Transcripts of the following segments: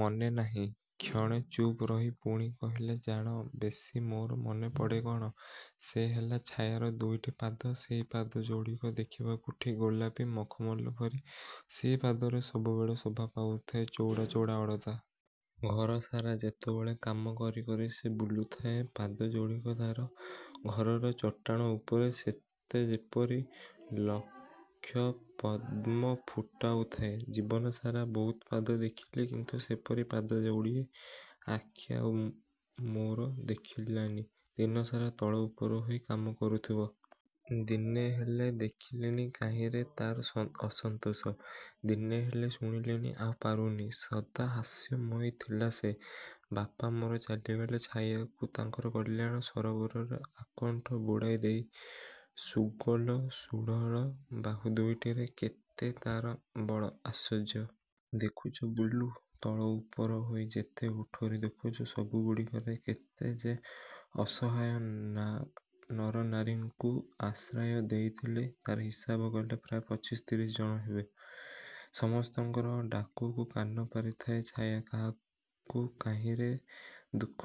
ମନେ ନାହିଁ। କ୍ଷଣେ ଚୁପ୍ ରହି ପୁଣି କହିଲେ ଜାଣ, ବେଶୀ ମୋର ମନେ ପଡ଼େ କ'ଣ? ସେ ହେଲା ଛାୟାର ଦୁଇଟି ପାଦ। ସେଇ ପାଦ ଯୋଡ଼ିକ ଦେଖିବାକୁ ଠିକ୍ ଗୋଲାପୀ ମଖମଲ ପରି। ସେଇ ପାଦରେ ସବୁବେଳେ ଶୋଭା ପାଉଥାଏ ଚଉଡ଼ା ଚଉଡ଼ା ଅଳତା। ଘରସାରା ଯେତେବେଳେ କାମ କରି କରି ସେ ବୁଲୁଥାଏ, ପାଦ ଯୋଡ଼ିକ ତା'ର ଘରର ଚଟାଣ ଉପରେ ସେତେଯେପରି ଲକ୍ଷ ପଦ୍ମ ଫୁଟାଉଥାଏ। ଜୀବନସାରା ବହୁତ ପାଦ ଦେଖିଲି, କିନ୍ତୁ ସେପରି ପାଦ ଯୋଡ଼ିଏ ଆଖି ଆଉ ମୋର ଦେଖିଲାନି। ଦିନସାରା ତଳ ଉପର ହୋଇ କାମ କରୁଥିବ। ଦିନେ ହେଲେ ଦେଖିଲିନି କାହିଁରେ ତା'ର ସ ଅସନ୍ତୋଷ। ଦିନେ ହେଲେ ଶୁଣିଲିନି ଆଉ ପାରୁନି। ସଦା ହାସ୍ୟମୟୀ ଥିଲା ସେ। ବାପା ମୋର ଚାଲିଗଲେ ଛାୟାକୁ ତାଙ୍କର କଲ୍ୟାଣ ସରୋବରରେ ଆକଣ୍ଠ ବୁଡ଼ାଇ ଦେଇ। ସୁଗୋଲ, ସୁଢ଼ଳ ବାହୁ ଦୁଇଟିରେ କେତେ ତା'ର ବଳ। ଆଶ୍ଚର୍ଯ୍ୟ! ଦେଖୁଛ ବୁଲୁ, ତଳ ଉପର ହୋଇ ଯେତେ କୋଠରି ଦେଖୁଛ, ସବୁଗୁଡ଼ିକରେ କେତେ ଯେ ଅସହାୟ ନା ନରନାରୀଙ୍କୁ ଆଶ୍ରୟ ଦେଇଥିଲେ ତା'ର ହିସାବ କଲେ ପ୍ରାୟ ପଚିଶ ତିରିଶ ଜଣ ହେବେ। ସମସ୍ତଙ୍କର ଡାକକୁ କାନ ପାରିଥାଏ ଛାୟା। କାହାକୁ କାହିଁରେ ଦୁଃଖ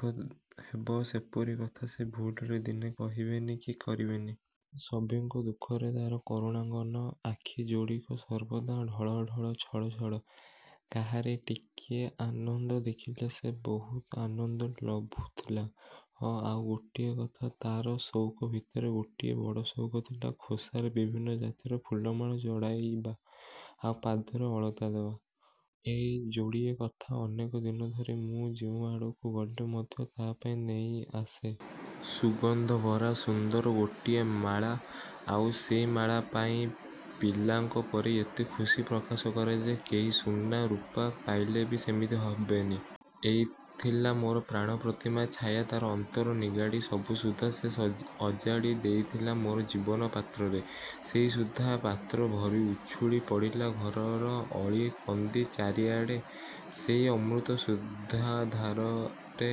ହେବ, ସେପରି କଥା ସେ ଭୁଲରେ ଦିନେ କହିବେନି କି କରିବେନି। ସଭିଙ୍କ ଦୁଃଖରେ ତା'ର କରୁଣାଙ୍ଗନ ଆଖି ଯୋଡ଼ିକ ସର୍ବଦା ଢଳ ଢଳ ଛଳ ଛଳ। କାହାରି ଟିକିଏ ଆନନ୍ଦ ଦେଖିଲେ, ସେ ବହୁତ ଆନନ୍ଦ ଲଭୁଥିଲା। ହଁ, ଆଉ ଗୋଟିଏ କଥା। ତା'ର ସଉକ ଭିତରେ ଗୋଟିଏ ବଡ଼ ସଉକ ଥିଲା ଖୋସାରେ ବିଭିନ୍ନ ଜାତିର ଫୁଲମାଳ ଜଡ଼ାଇବା, ଆଉ ପାଦରେ ଅଳତା ଦେବା। ଏଇ ଯୋଡ଼ିଏ କଥା। ଅନେକ ଦିନ ଧରି ମୁଁ ଯେଉଁଆଡ଼କୁ ଗଲେ ମଧ୍ୟ ତା' ପାଇଁ ନେଇ ଆସେ ସୁଗନ୍ଧ ଭରା ସୁନ୍ଦର ଗୋଟିଏ ମାଳା। ଆଉ ସେଇ ମାଳା ପାଇ ପିଲାଙ୍କ ପରି ଏତେ ଖୁସି ପ୍ରକାଶ କରେ ଯେ, କେହି ସୁନା ରୁପା ପାଇଲେ ବି ସେମିତି ହବନି। ଏଇ ଥିଲା ମୋର ପ୍ରାଣ-ପ୍ରତିମା ଛାୟା। ତା'ର ଅନ୍ତର ନିଗାଡ଼ି ସବୁ ସୁଧା ସେ ଅଜାଡ଼ି ଦେଇଥିଲା ମୋର ଜୀବନ ପାତ୍ରରେ। ସେଇ ସୁଧା ପାତ୍ର ଭରି ଉଛୁଳି ପଡ଼ିଲା। ଘରର ଅଳି କନ୍ଦି ଚାରିଆଡ଼େ ସେଇ ଅମୃତ ସୁଧାଧାରାରେ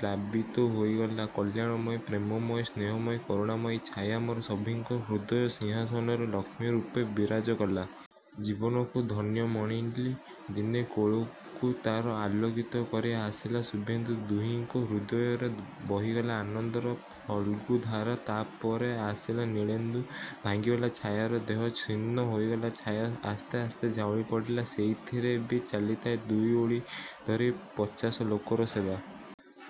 ପ୍ଳାବିତ ହୋଇଗଲା। କଲ୍ୟାଣମୟୀ, ପ୍ରେମମୟୀ, ସ୍ନେହମୟୀ, କରୁଣାମୟୀ ଛାୟା ମୋର ସଭିଙ୍କ ହୃଦୟ ସିଂହାସନରେ ଲକ୍ଷ୍ମୀରୂପେ ବିରାଜ କଲା। ଜୀବନକୁ ଧନ୍ୟ ମଣିଲି। ଦିନେ କୋଳକୁ ତା'ର ଆଲୋକିତ କରି ଆସିଲା ଶୁଭେନ୍ଦୁ। ଦୁହିଁଙ୍କ ହୃଦୟରେ ବହିଗଲା ଆନନ୍ଦର ଫଲ୍ଗୁ ଧାରା। ତା' ପରେ ଆସିଲା ନୀଳେନ୍ଦୁ। ଭାଙ୍ଗିଗଲା ଛାୟାର ଦେହ। ଶୀର୍ଣ୍ଣ ହୋଇଗଲା ଛାୟା, ଆସ୍ତେ ଆସ୍ତେ ଝାଉଁଳି ପଡ଼ିଲା। ସେଇଥିରେ ବି ଚାଲିଥାଏ ଦୁଇଓଳି ଧରି ପଚାଶ ଲୋକର ସେବା।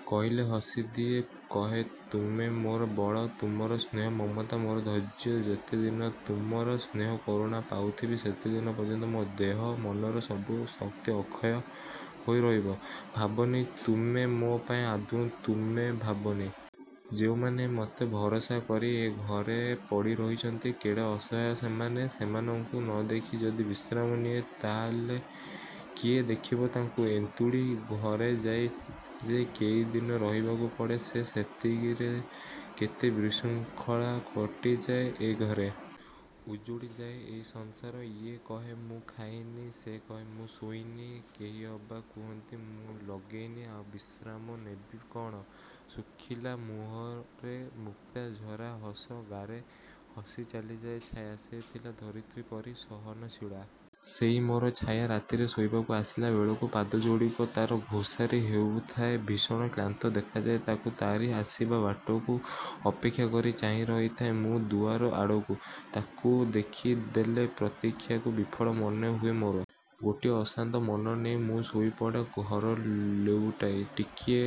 କହିଲେ ହସି ଦିଏ। କହେ ତୁମେ ମୋର ବଳ, ତୁମର ସ୍ନେହ, ମମତା ମୋର ଧୈର୍ଯ୍ୟ। ଯେତେଦିନ ତୁମର ସ୍ନେହ କରୁଣା ପାଉଥିବି ସେତେଦିନ ପର୍ଯ୍ୟନ୍ତ ମୋ ଦେହ ମନର ସବୁ ଶକ୍ତି ଅକ୍ଷୟ ହୋଇ ରହିବ। ଭାବନି ତୁମେ ମୋ ପାଇଁ ଆଦୌ ତୁମେ ଭାବନି। ଯେଉଁମାନେ ମତେ ଭରସା କରି ଏ ଘରେ ପଡ଼ି ରହିଛନ୍ତି କେଡ଼େ ଅସହାୟ ସେମାନେ! ସେମାନଙ୍କୁ ନ ଦେଖି ଯଦି ବିଶ୍ରାମ ନିଏ ତାହାହେଲେ କିଏ ଦେଖିବ ତାଙ୍କୁ। ଏନ୍ତୁଡ଼ି ଘରେ ଯାଇ ଯେ କେଇଦିନ ରହିବାକୁ ପଡ଼େ, ସେ ସେତିକିରେ କେତେ ବିଶୃଙ୍ଖଳା ଘଟିଯାଏ ଏ ଘରେ। ଉଜୁଡ଼ି ଯାଏ ଏଇ ସଂସାର। ଇଏ କହେ ମୁଁ ଖାଇନି, ସେ କହେ ମୁଁ ଶୋଇନି, କେହି ଅବା କୁହନ୍ତି ମୁଁ ଲଗେଇନି, ଆଉ ବିଶ୍ରାମ ନେବି କ'ଣ? ଶୁଖିଲା ମୁହଁରେ ମୁକ୍ତାଝରା ହସ ଗାରେ ହସି ଚାଲିଯାଏ ଛାୟା। ସେ ଥିଲା ଧରିତ୍ରୀ ପରି ସହନଶୀଳା। ସେଇ ମୋର ଛାୟା। ରାତିରେ ଶୋଇବାକୁ ଆସିଲା ବେଳକୁ ପାଦ ଯୋଡ଼ିକ ତା'ର ଘୋସାରି ହେଉଥାଏ। ଭୀଷଣ କ୍ଳାନ୍ତ ଦେଖାଯାଏ ତାକୁ। ତା'ରି ଆସିବା ବାଟକୁ ଅପେକ୍ଷା କରି ଚାହିଁ ରହିଥାଏ ମୁଁ ଦୁଆର ଆଡ଼କୁ। ତାକୁ ଦେଖି ଦେଲେ ପ୍ରତୀକ୍ଷାକୁ ବିଫଳ ମନେ ହୁଏ ମୋର। ଗୋଟିଏ ଅଶାନ୍ତ ମନ ନେଇ ମୁଁ ଶୋଇ ପଡ଼େ ଘର ଲେଉଟାଇ। ଟିକିଏ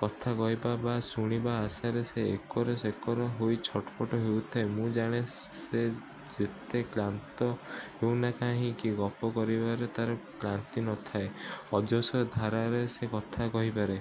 କଥା କହିବା ବା ଶୁଣିବା ଆଶାରେ ସେ ଏକର ସେକର ହୋଇ ଛଟପଟ ହେଉଥାଏ। ମୁଁ ଜାଣେ, ସେ ଯେତେ କ୍ଳାନ୍ତ ହେଉନା କାହିଁକି ଗପ କରିବାରେ ତା'ର କ୍ଳାନ୍ତି ନଥାଏ। ଅଜସ୍ର ଧାରାରେ ସେ କଥା କହି ପାରେ।